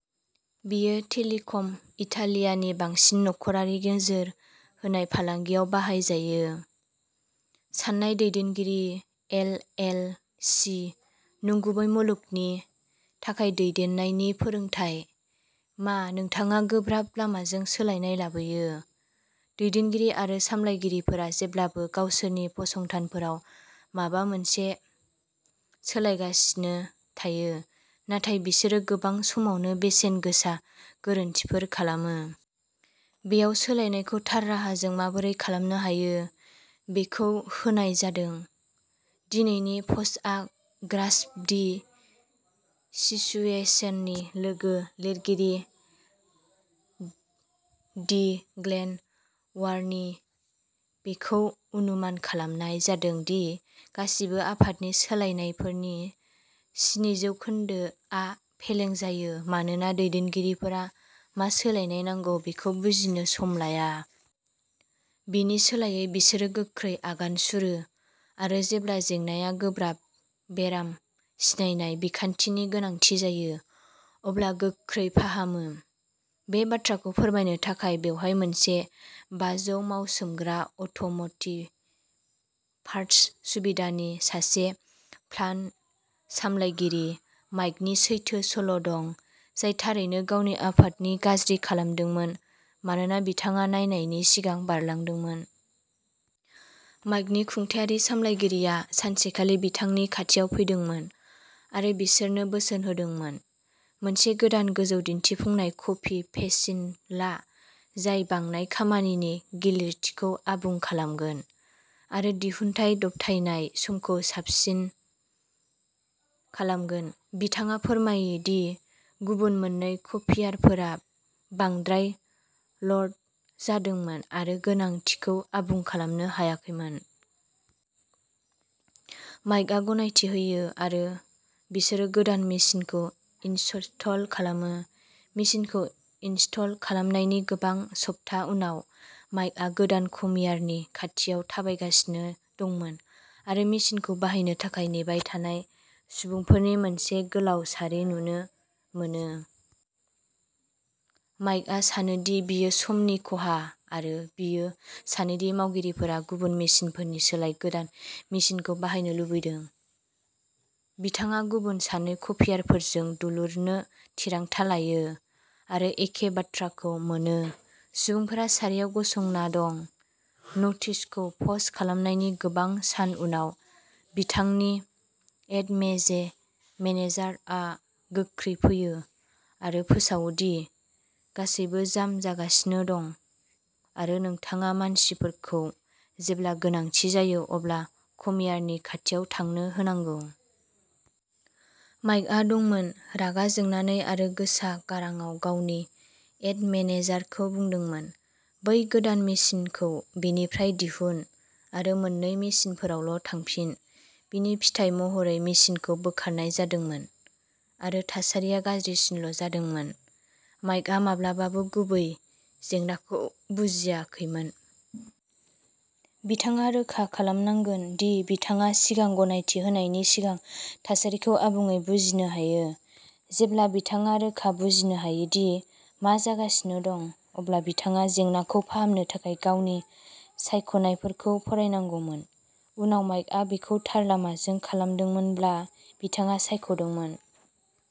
बेयो टेलिकम इटालियानि बांसिन नखरारि नोजोर होनाय फालांगियाव बाहायजायो। साननाय दैदेनगिरि एल. एल. सि.नंगुबै मुलुगनि थाखाय दैदेननायनि फोरोंथाय मा नोंथाङा गोब्राब लामाजों सोलायनाय लाबोयो? दैदेनगिरि आरो सामलायगिरिफोरा जेब्लाबो गावसोरनि फसंथानफोराव माबा मोनसे सोलायगासिनो थायो नाथाय बिसोरो गोबां समावनो बेसेन गोसा गोरोन्थिफोर खालामो। बेयाव सोलायनायखौ थार राहाजों माबोरै खालामनो हायो बेखौ होनाय जादों। दिनैनि पस्टआ ग्रास्प दि सिचुएसननि लोगो लिरगिरि ड ग्लेन वार्नीनि। बेखौ अनुमान खालामनाय जादों दि गासिबो आफादनि सोलायनायफोरनि स्निजि जौखोन्दो आ फेलें जायो मानोना दैदेनगिरिफोरा मा सोलायनो नांगौ बेखौ बुजिनो सम लाया। बेनि सोलायै बिसोरो गोख्रै आगान सुरो आरो जेब्ला जेंनाया गोब्राब बेराम सिनायनाय बिखान्थिनि गोनांथि जायो अब्ला गोख्रै फाहामो। बे बाथ्राखौ फोरमायनो थाखाय बेवहाय मोनसे बाजौ मावसोमग्रा अट'म'टिभ पार्ट्स सुबिदानि सासे प्लान्ट सामलायगिरि माइकनि सैथो सल'दं जाय थारैनो गावनि आफादनि गाज्रि खालामदोंमोन मानोना बिथाङा नायनायनि सिगां बारलांदोंमोन। माइकनि खुंथायारि सामलायगिरिया सानसेखालि बिथांनि खाथियाव फैदोंमोन आरो बिसोरनो बोसोन होदोंमोन। मोनसे गोदान गोजौ दिन्थिफुंनाय कपि फेसिन ला जाय बांनाय खामानिनि गिलिरथिखौ आबुं खालामगोन आरो दिहुनथाय दबथायनाय समखौ साबसिन खालामगोन। बिथाङा फोरमायो दि गुबुन मोन्नै कपियारफोरा बांद्राय ल'ड जादोंमोन आरो गोनांथिखौ आबुं खालामनो हायाखैमोन। माइकआ गनायथि होयो आरो बिसोरो गोदान मेसिनखौ इनसस्टल खालामो। मेसिनखौ इनस्टल खालामनायनि गोबां सप्ता उनाव माइकआ गोदान कमियारनि खाथियाव थाबायगासिनो दंमोन आरो मेसिनखौ बाहायनो थाखाय नेबाय थानाय सुबुंफोरनि मोनसे गोलाव सारि नुनो मोनो। माइकआ सानोदि बेयो समनि खहा आरो बियो सानोदि मावगिरिफोरा गुबुन मेसिनफोरनि सोलायै गोदान मेशिनखौ बाहायनो लुबैदों। बिथाङा गुबुन सानै कपियारफोरजों दुलुरनो थिरांथा लायो आरो एखे बाथ्राखौ मोनो सुबुंफोरा सारियाव गसंना दं। नटिसखौ पस्ट खालामनायनि गोबां सान उनाव बिथांनि एड मेजे मेनेजारआ गोख्रै फैयो आरो फोसावो दि गासैबो जाम जागासिनो दं आरो नोंथाङा मानसिफोरखौ जेब्ला गोनांथि जायो अब्ला कपियारनि खाथियाव थांनो होनांगौ। माइकआ दंमोन। रागा जोंनानै आरो गोसा गारांआव गावनि एड मेनेजारखौ बुंदोंमोन बै गोदान मेसिनखौ बेनिफ्राय दिहुन आरो मोननै मेसिनफोरावल'थांफिन। बिनि फिथाय महरै मेसिनखौ बोखारनाय जादोंमोन आरो थासारिया गाज्रिसिनल'जादोंमोन। माइकआ माब्लाबाबो गुबै जेंनाखौ बुजियाखैमोन। बिथाङा रोखा खालामनांगोन दि बिथाङा सिगां गनायथि होनायनि सिगां थासारिखौ आबुङै बुजिनो हायो। जेब्ला बिथाङा रोखा बुजिनो हायो दि मा जागासिनो दं अब्ला बिथाङा जेंनाखौ फाहामनो थाखाय गावनि सायख'नायफोरखौ फरायनांगौमोन। उनाव माइकआ बेखौ थार लामाजों खालामदोंमोनब्ला बिथाङा सायख'दोंमोन।